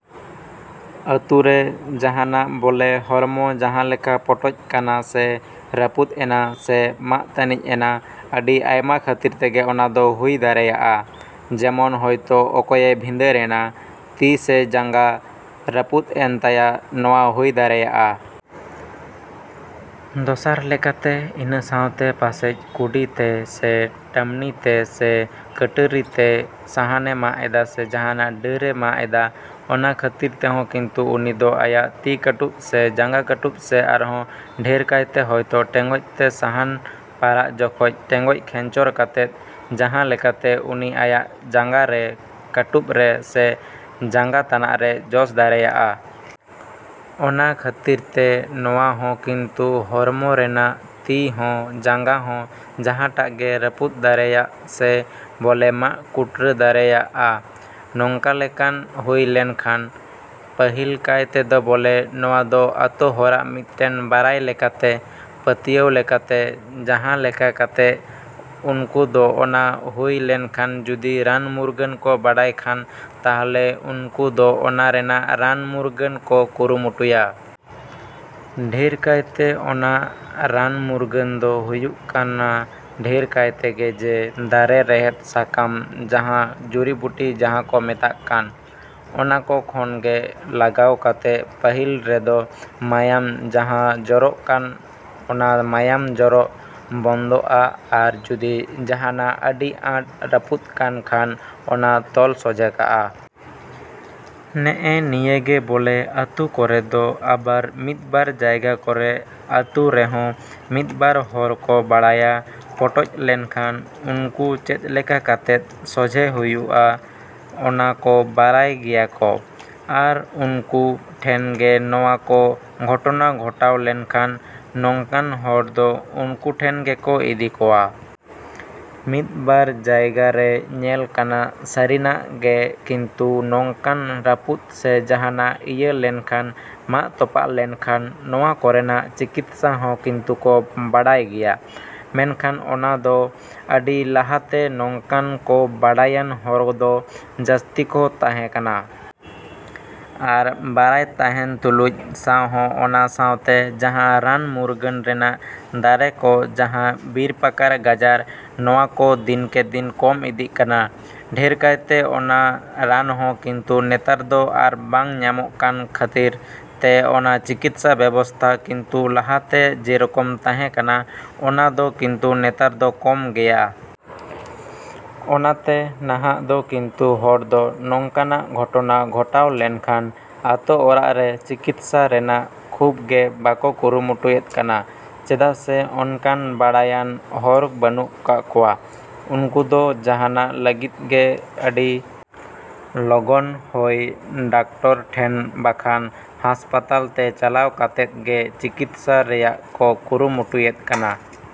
‎ᱟᱹᱛᱩᱨᱮ ᱡᱟᱸᱦᱟᱱᱟᱜ ᱵᱚᱞᱮ ᱦᱚᱲᱢᱚ ᱡᱟᱸᱦᱟ ᱞᱮᱠᱟ ᱯᱚᱴᱚᱡ ᱠᱟᱱᱟ ᱥᱮ ᱨᱟᱹᱯᱩᱫ ᱮᱱᱟ ᱥᱮ ᱢᱟᱜ ᱛᱟᱹᱱᱤᱡ ᱮᱱᱟ, ᱟᱹᱰᱤ ᱟᱭᱢᱟ ᱠᱷᱟᱹᱛᱤᱨ ᱛᱮᱜᱮ ᱚᱱᱟ ᱫᱚ ᱦᱩᱭ ᱫᱟᱲᱮᱭᱟᱜᱼᱟ᱾ ᱡᱮᱢᱚᱱ ᱦᱚᱭᱛᱚ ᱚᱠᱚᱭᱮ ᱵᱷᱤᱸᱫᱟᱹᱲ ᱮᱱᱟ, ᱛᱤ ᱥᱮ ᱡᱟᱸᱜᱟ ᱨᱟᱹᱯᱩᱫ ᱮᱱ ᱛᱟᱭᱟ ᱱᱚᱣᱟ ᱦᱩᱭ ᱫᱟᱲᱮᱭᱟᱜᱼᱟ᱾ ᱫᱚᱥᱟᱨ ᱞᱮᱠᱟᱛᱮ ᱤᱱᱟᱹ ᱥᱟᱶᱛᱮ ᱯᱟᱥᱮᱡ ᱠᱩᱰᱤ ᱛᱮ ᱥᱮ ᱴᱟᱹᱢᱱᱤ ᱛᱮ ᱥᱮ ᱠᱟᱹᱴᱟᱹᱨᱤ ᱛᱮ ᱥᱟᱦᱟᱱᱮ ᱢᱟᱜ ᱮᱫᱟ ᱥᱮ ᱡᱟᱸᱦᱟᱱᱟᱜ ᱰᱟᱹᱨᱼᱮ ᱢᱟᱜ ᱮᱫᱟ, ᱚᱱᱟ ᱠᱷᱟᱹᱛᱤᱨ ᱛᱮᱦᱚᱸ ᱠᱤᱱᱛᱩ ᱩᱱᱤ ᱫᱚ ᱟᱭᱟᱜ ᱛᱤ ᱠᱟᱹᱴᱩᱵ ᱥᱮ ᱡᱟᱸᱜᱟ ᱠᱟᱹᱴᱩᱵ ᱥᱮ ᱟᱨᱦᱚᱸ ᱰᱷᱮᱨ ᱠᱟᱭᱛᱮ ᱦᱚᱭᱛᱚ ᱴᱮᱸᱜᱚᱡ ᱛᱮ ᱥᱟᱦᱟᱱ ᱯᱟᱲᱟᱜ ᱡᱚᱠᱷᱚᱡ ᱴᱮᱸᱜᱚᱡ ᱠᱷᱮᱧᱪᱚᱲ ᱠᱟᱛᱮᱫ ᱡᱟᱸᱦᱟ ᱞᱮᱠᱟᱛᱮ ᱩᱱᱤ ᱟᱭᱟᱜ ᱡᱟᱸᱜᱟ ᱨᱮ ᱠᱟᱹᱴᱩᱵ ᱨᱮ ᱥᱮ ᱡᱟᱸᱜᱟ ᱛᱟᱱᱟᱜ ᱨᱮ ᱡᱚᱥ ᱫᱟᱲᱮᱭᱟᱜᱼᱟ᱾ ᱚᱱᱟ ᱠᱷᱟᱹᱛᱤᱨ ᱛᱮ ᱱᱚᱣᱟ ᱦᱚᱸ ᱠᱤᱱᱛᱩ ᱦᱚᱲᱢᱚ ᱨᱮᱱᱟᱜ ᱛᱤ ᱦᱚᱸ ᱡᱟᱸᱜᱟ ᱦᱚᱸ ᱡᱟᱸᱦᱟᱴᱟᱜ ᱜᱮ ᱨᱟᱹᱯᱩᱫ ᱫᱟᱲᱮᱭᱟᱜ ᱥᱮ ᱵᱚᱞᱮ ᱢᱟᱜ ᱠᱩᱴᱨᱟᱹ ᱫᱟᱲᱮᱭᱟᱜᱼᱟ ᱱᱚᱝᱠᱟ ᱞᱮᱠᱟᱱ ᱦᱩᱭ ᱞᱮᱱᱠᱷᱟᱱ᱾ ᱯᱟᱹᱦᱤᱞ ᱠᱟᱭ ᱛᱮᱫᱚ ᱵᱚᱞᱮ ᱱᱚᱣᱟ ᱫᱚ ᱟᱛᱳ ᱦᱚᱲᱟᱜ ᱢᱤᱫᱴᱮᱱ ᱵᱟᱲᱟᱭ ᱞᱮᱠᱟᱛᱮ, ᱯᱟᱹᱛᱭᱟᱹᱣ ᱞᱮᱠᱟᱛᱮ ᱡᱟᱸᱦᱟ ᱞᱮᱠᱟ ᱠᱟᱛᱮ ᱩᱱᱠᱩ ᱫᱚ ᱚᱱᱟ ᱦᱩᱭ ᱞᱮᱱᱠᱷᱟᱱ ᱡᱩᱫᱤ ᱨᱟᱱ ᱢᱩᱨᱜᱟᱹᱱ ᱠᱚ ᱵᱟᱲᱟᱭ ᱠᱷᱟᱱ ᱛᱟᱦᱞᱮ ᱩᱱᱠᱩ ᱫᱚ ᱚᱱᱟ ᱨᱮᱱᱟᱜ ᱨᱟᱱ ᱢᱩᱨᱜᱟᱹᱱ ᱠᱚ ᱠᱩᱨᱩᱢᱩᱴᱩᱭᱟ᱾ ᱰᱷᱮᱨ ᱠᱟᱭᱛᱮ ᱚᱱᱟ ᱨᱟᱱ ᱢᱩᱨᱜᱟᱹᱱ ᱫᱚ ᱦᱩᱭᱩᱜ ᱠᱟᱱᱟ ᱰᱷᱮᱨ ᱠᱟᱭ ᱛᱮᱜᱮ ᱡᱮ ᱫᱟᱨᱮ ᱨᱮᱦᱮᱫ ᱥᱟᱠᱟᱢ ᱡᱟᱸᱦᱟ ᱡᱩᱲᱤ ᱵᱩᱴᱤ ᱡᱟᱸᱦᱟ ᱠᱚ ᱢᱮᱛᱟᱜ ᱠᱟᱱ, ᱚᱱᱟ ᱠᱚ ᱠᱷᱚᱱ ᱜᱮ ᱞᱟᱜᱟᱣ ᱠᱟᱛᱮᱫ ᱯᱟᱹᱦᱤᱞ ᱨᱮᱫᱚ ᱢᱟᱭᱟᱝ ᱡᱟᱸᱦᱟ ᱡᱚᱨᱚᱜ ᱠᱟᱱ ᱚᱱᱟ ᱢᱟᱭᱟᱝ ᱡᱚᱨᱚ ᱵᱚᱱᱫᱚᱜᱼᱟ ᱟᱨ ᱡᱩᱫᱤ ᱡᱟᱸᱦᱟᱱᱟᱜ ᱟᱹᱰᱤ ᱟᱸᱴ ᱨᱟᱹᱯᱩᱫ ᱠᱟᱱ ᱠᱷᱟᱱ ᱚᱱᱟ ᱛᱚᱞ ᱥᱚᱡᱷᱮ ᱠᱟᱜᱼᱟ᱾ ᱱᱮᱜᱼᱮ ᱱᱤᱭᱟᱹ ᱜᱮ ᱵᱚᱞᱮ ᱟᱹᱛᱩ ᱠᱚᱨᱮ ᱫᱚ ᱟᱵᱟᱨ ᱢᱤᱫᱵᱟᱨ ᱡᱟᱭᱜᱟ ᱠᱚᱨᱮ ᱟᱹᱛᱩ ᱨᱮᱦᱚᱸ ᱢᱤᱫ ᱵᱟᱨ ᱦᱚᱲ ᱠᱚ ᱵᱟᱲᱟᱭᱟ ᱯᱚᱴᱚᱡ ᱞᱮᱱᱠᱷᱟᱱ ᱩᱱᱠᱩ ᱪᱮᱫ ᱞᱮᱠᱟ ᱠᱟᱛᱮᱫ ᱥᱚᱡᱷᱮ ᱦᱩᱭᱩᱜᱼᱟ ᱚᱱᱟ ᱠᱚ ᱵᱟᱲᱟᱭ ᱜᱮᱭᱟ ᱠᱚ᱾ ᱟᱨ ᱩᱱᱠᱩ ᱴᱷᱮᱱ ᱜᱮ ᱱᱚᱣᱟ ᱠᱚ ᱜᱷᱚᱴᱚᱱᱟ ᱜᱷᱚᱴᱟᱣ ᱞᱮᱱᱠᱷᱟᱱ, ᱱᱚᱝᱠᱟᱱ ᱦᱚᱲ ᱫᱚ ᱩᱱᱠᱩ ᱴᱷᱮᱱ ᱜᱮᱠᱚ ᱤᱫᱤ ᱠᱚᱣᱟ᱾ ᱢᱤᱫᱵᱟᱨ ᱡᱟᱭᱜᱟᱨᱮ ᱧᱮᱞ ᱠᱟᱱᱟ ᱥᱟᱹᱨᱤᱱᱟᱜ ᱜᱮ ᱠᱤᱱᱛᱩ ᱱᱚᱝᱠᱟᱱ ᱨᱟᱹᱯᱩᱫ ᱥᱮ ᱡᱟᱸᱦᱟᱱᱟᱜ ᱤᱭᱟᱹ ᱞᱮᱱᱠᱷᱟᱱ ᱢᱟᱜ ᱛᱚᱯᱟᱜ ᱞᱮᱱᱠᱷᱟᱱ ᱱᱚᱣᱟ ᱠᱚᱨᱮᱱᱟᱜ ᱪᱤᱠᱤᱛᱥᱟ ᱦᱚᱸ ᱠᱤᱱᱛᱩ ᱠᱚ ᱵᱟᱰᱟᱭ ᱜᱮᱭᱟ᱾ ᱢᱮᱱᱠᱷᱟᱱ ᱚᱱᱟᱫᱚ ᱟᱹᱰᱤ ᱞᱟᱦᱟᱛᱮ ᱱᱚᱝᱠᱟᱱ ᱠᱚ ᱵᱟᱲᱟᱭᱟᱱ ᱦᱚᱲ ᱫᱚ ᱡᱟᱹᱥᱛᱤ ᱠᱚ ᱛᱟᱸᱦᱮ ᱠᱟᱱᱟ᱾ ᱟᱨ ᱵᱟᱲᱟᱭ ᱛᱟᱸᱦᱮᱱ ᱛᱩᱞᱩᱡ ᱥᱟᱶᱦᱚᱸ ᱚᱱᱟ ᱥᱟᱶᱛᱮ ᱡᱟᱸᱦᱟ ᱨᱟᱱ ᱢᱩᱨᱜᱟᱹᱱ ᱨᱮᱱᱟᱜ ᱫᱟᱨᱮ ᱠᱚ ᱡᱟᱸᱦᱟ ᱵᱤᱨ ᱯᱟᱠᱟᱲ ᱜᱟᱡᱟᱲ ᱱᱚᱣᱟ ᱠᱚ ᱫᱤᱱᱠᱮ ᱫᱤᱱ ᱠᱚᱢ ᱤᱫᱤᱜ ᱠᱟᱱᱟ᱾ ᱰᱷᱮᱨ ᱠᱟᱭᱛᱮ ᱚᱱᱟ ᱨᱟᱱᱦᱚᱸ ᱠᱤᱱᱛᱩ ᱱᱮᱛᱟᱨ ᱫᱚ ᱟᱨ ᱵᱟᱝ ᱧᱟᱢᱚᱜ ᱠᱟᱱ ᱠᱷᱟᱹᱛᱤᱨ ᱛᱮ ᱚᱱᱟ ᱪᱤᱠᱤᱛᱥᱟ ᱵᱮᱵᱚᱥᱛᱷᱟ ᱠᱤᱱᱛᱩ ᱞᱟᱦᱟᱛᱮ ᱡᱮᱨᱚᱠᱚᱢ ᱛᱟᱸᱦᱮ ᱠᱟᱱᱟ ᱚᱱᱟ ᱫᱚ ᱠᱤᱱᱛᱩ ᱱᱮᱛᱟᱨ ᱫᱚ ᱠᱚᱢ ᱜᱮᱭᱟ᱾ ᱚᱱᱟᱛᱮ ᱱᱟᱦᱟᱜ ᱫᱚ ᱠᱤᱱᱛᱩ ᱦᱚᱲ ᱫᱚ ᱱᱚᱝᱠᱟᱱᱟᱜ ᱜᱷᱚᱴᱚᱱᱟ ᱜᱷᱚᱴᱟᱣ ᱞᱮᱱᱠᱷᱟᱱ ᱟᱛᱳ ᱚᱲᱟᱜ ᱨᱮ ᱪᱤᱠᱤᱛᱥᱟ ᱨᱮᱱᱟᱜ ᱠᱷᱩᱵᱽ ᱜᱮ ᱵᱟᱠᱚ ᱠᱩᱨᱩᱢᱩᱴᱩᱭᱮᱫ ᱠᱟᱱᱟ ᱪᱮᱫᱟᱜ ᱥᱮ ᱚᱱᱠᱟᱱ ᱵᱟᱲᱟᱭᱟᱱ ᱦᱚᱲ ᱵᱟᱹᱱᱩᱜ ᱠᱟᱜ ᱠᱚᱣᱟ᱾ ᱩᱱᱠᱩ ᱫᱚ ᱡᱟᱸᱦᱟᱱᱟᱜ ᱞᱟᱹᱜᱤᱫ ᱜᱮ ᱟ.ᱰᱤ ᱞᱚᱜᱚᱱ ᱦᱚᱭ ᱰᱟᱠᱴᱚᱨ ᱴᱷᱮᱱ ᱵᱟᱠᱷᱟᱱ ᱦᱟᱥᱯᱟᱛᱟᱞ ᱛᱮ ᱪᱟᱞᱟᱣ ᱠᱟᱛᱮᱫ ᱜᱮ ᱪᱤᱠᱤᱛᱥᱟ ᱨᱮᱭᱟᱜ ᱠᱚ ᱠᱩᱨᱩᱢᱩᱴᱩᱭᱮᱫ ᱠᱟᱱᱟ᱾।